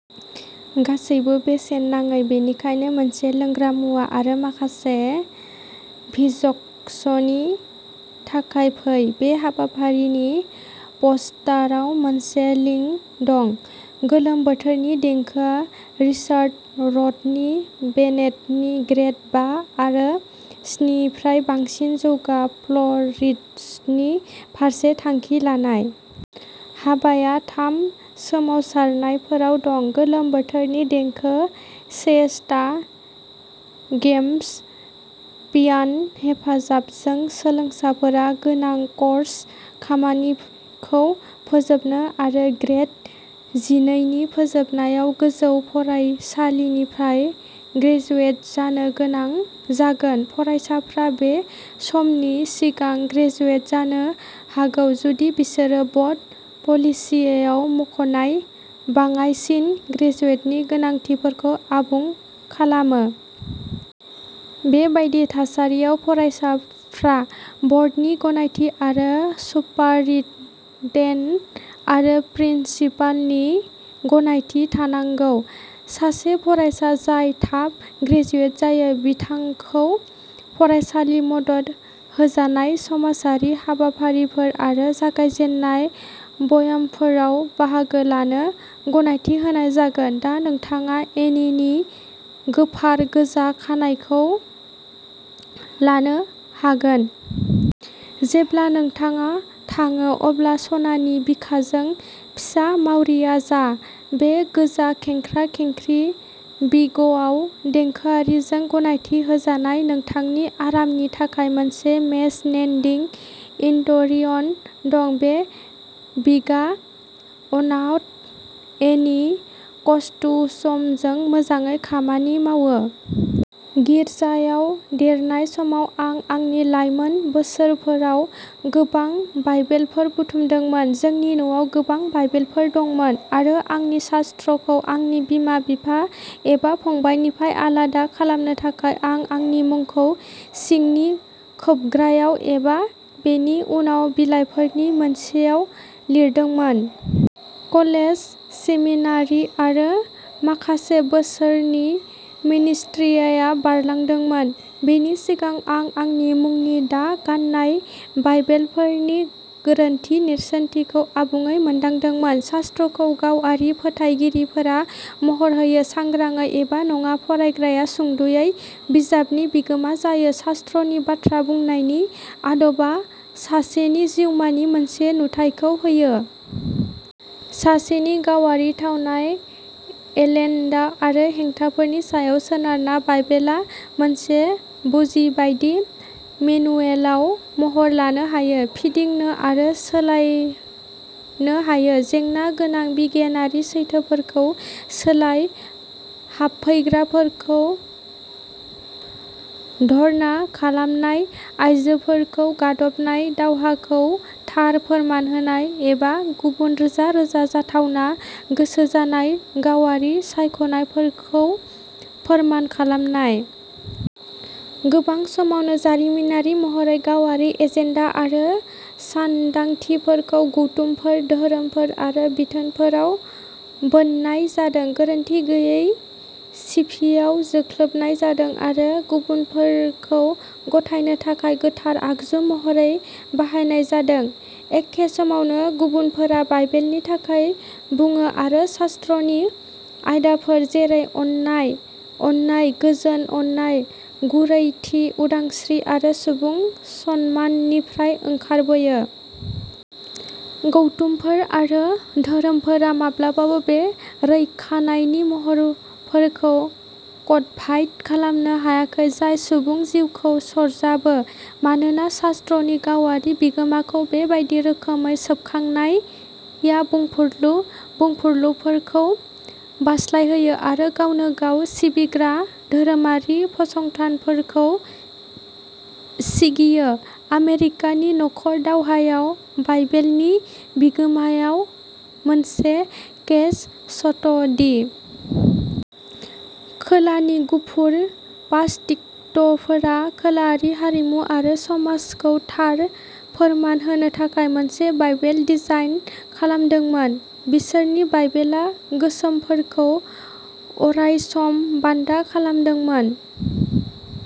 गासैबो बेसेन नाङै। बेनिखायनो मोनसे लोंग्रा मुवा आरो माखासे फिजिक्सनि थाखाय फै। बे हाबाफारिनि पस्टाराव मोनसे लिंक दं। गोलोम बोथोरनि देंखोआ रिचार्ड रडनि बेनेटनि, ग्रेड बा आरो स्निनिफ्राय बांसिन जौगा फ्ल'टिस्टनि फारसे थांखि लानाय। हाबाया थाम सोमावसारनायफोराव दं गोलोम बोथोरनि देंखो, सिएस्टा, गेम्स। पियान' हेफाजाबजों। सोलोंसाफोरा गोनां कर्स खामानिखौ फोजोबनो आरो ग्रेड जिनैनि जोबनायाव गोजौ फरायसालिनिफ्राय ग्रेजुवेट जानो गोनां जागोन। फरायसाफ्रा बे समनि सिगां ग्रेजुवेट जानो हागौ जुदि बिसोरो बर्ड पलिसिआव मख'नाय बाङाइसिन ग्रेजुवेटनि गोनांथिफोरखौ आबुं खालामो। बेबादि थासारियाव, फरायसाफ्रा बर्डनि गनायथि आरो सुपारिनटेन्डेन्ट आरो प्रिन्सिपालनि गनायथि थानांगौ। सासे फरायसा जाय थाब ग्रेजुवेट जायो, बिथांखौ फरायसालि मदद होजानाय समाजारि हाबाफारिफोर आरो जागायजेननाय ब्यामफोराव बाहागो लानो गनायथि होनाय जागोन। दा नोंथाङा एनिनि गोफार गोजा खानाइखौ लानो हागोन! जेब्ला नोंथाङा थाङो अब्ला सनानि बिखाजों फिसा मावरिया जा। बे गोजा खेंख्रा खेंख्रि विगआव, देंखोआरिजों गनायथि होजानाय। नोंथांनि आरामनि थाखाय मोनसे मेश नेटिं इन्टेरियर दं। बे विगआ अनाथ एनि कस्ट्युमजों मोजाङै खामानि मावो। गिर्जायाव देरनाय समाव, आं आंनि लाइमोन बोसोरफोराव गोबां बाइबेलफोर बुथुमदोंमोन। जोंनि न'आव गोबां बाइबेलफोर दंमोन आरो आंनि शास्त्रखौ आंनि बिमा बिफा एबा फंबायनिफ्राय आलादा खालामनो थाखाय, आं आंनि मुंखौ सिंनि खोबग्रायाव एबा बेनि उनाव बिलाइफोरनि मोनसेयाव लिरदोंमोन। कलेज, सेमिनारि आरो माखासे बोसोरनि मिनिस्ट्रिया बारलांदोंमोन, बेनि सिगां आं आंनि मुंनि दा गान्नाय बाइबेलफोरनि गोरोन्थि नेरसोनथिखौ आबुङै मोनदांदोंमोन। शास्त्रखौ गावारि फोथायगिरिफोरा महर होयो, सांग्रांयै एबा नङा। फरायग्राया, सुंद'यै, बिजाबनि बिगोमा जायो। शास्त्रनि बाथ्रा बुंनायनि आदबा सासेनि जिउमानि मोनसे नुथायखौ होयो। सासेनि गावारि थावनाय, एजेन्डा आरो हेंथाफोरनि सायाव सोनारना, बाइबेला मोनसे पुजिबादि मेनुएलआव महर लानो हायो, फिदिंनो आरो सोलायनो हायो। जेंना गोनां बिगियानारि सैथोफोरखौ सोलाय, हाबफैग्राफोरखौ घृणा खालामनाय, आयजोफोरखौ गादबनाय, दावहाखौ थार फोरमान होनाय एबा गुबुन रोजा रोजा जाथावना गोसो जानाय गावारि सायख'नायफोरखौ फोरमान खालामनाय। गोबां समावनो, जारिमिनारि महरै, गावारि एजेन्डा आरो सानदांथिफोरखौ गौथुमफोर, धोरोमफोर आरो बिथोनफोराव बोननाय जादों, गोरोन्थि गैयै सिफिङाव जोख्लोबनाय जादों आरो गुबुनफोरखौ गथायनो थाखाय गोथार आगजु महरै बाहायनाय जादों। एखे समावनो, गुबुनफोरा बाइबेलनि थाखाय बुङो आरो शास्त्रनि आयदाफोर जेरै अननाय, अननाय, गोजोन, अननाय, गुरैथि, उदांस्रि आरो सुबुं सनमाननिफ्राय ओंखारबोयो। गौथुमफोर आरो धोरोमफोरा माब्लाबाबो बे रैखानायनि महरफोरखौ कडफाइ खालामनो हायाखै जाय सुबुं जिउखौ सरजाबो, मानोना शास्त्रनि गावारि बिगोमाखौ बेबादि रोखोमै सोबखांनाया बुंफुरलु बुंफुरलुफोरखौ बारस्लायहोयो आरो गावनो गाव सिबिग्रा धोरोमारि फसंथानफोरखौ सिगियो। आमेरिकानि नखर दावहाया बाइबेलनि बिगोमायाव मोनसे केस स्टडि। खोलानि गुफुर बाप्तिस्तफोरा खोलायारि हारिमु आरो समाजखौ थार फोरमान होनो थाखाय मोनसे बाइबेल डिजाइन खालामदोंमोन बिसोरनि बाइबेला गोसोमफोरखौ अरायसम बान्दा खालामदोंमोन।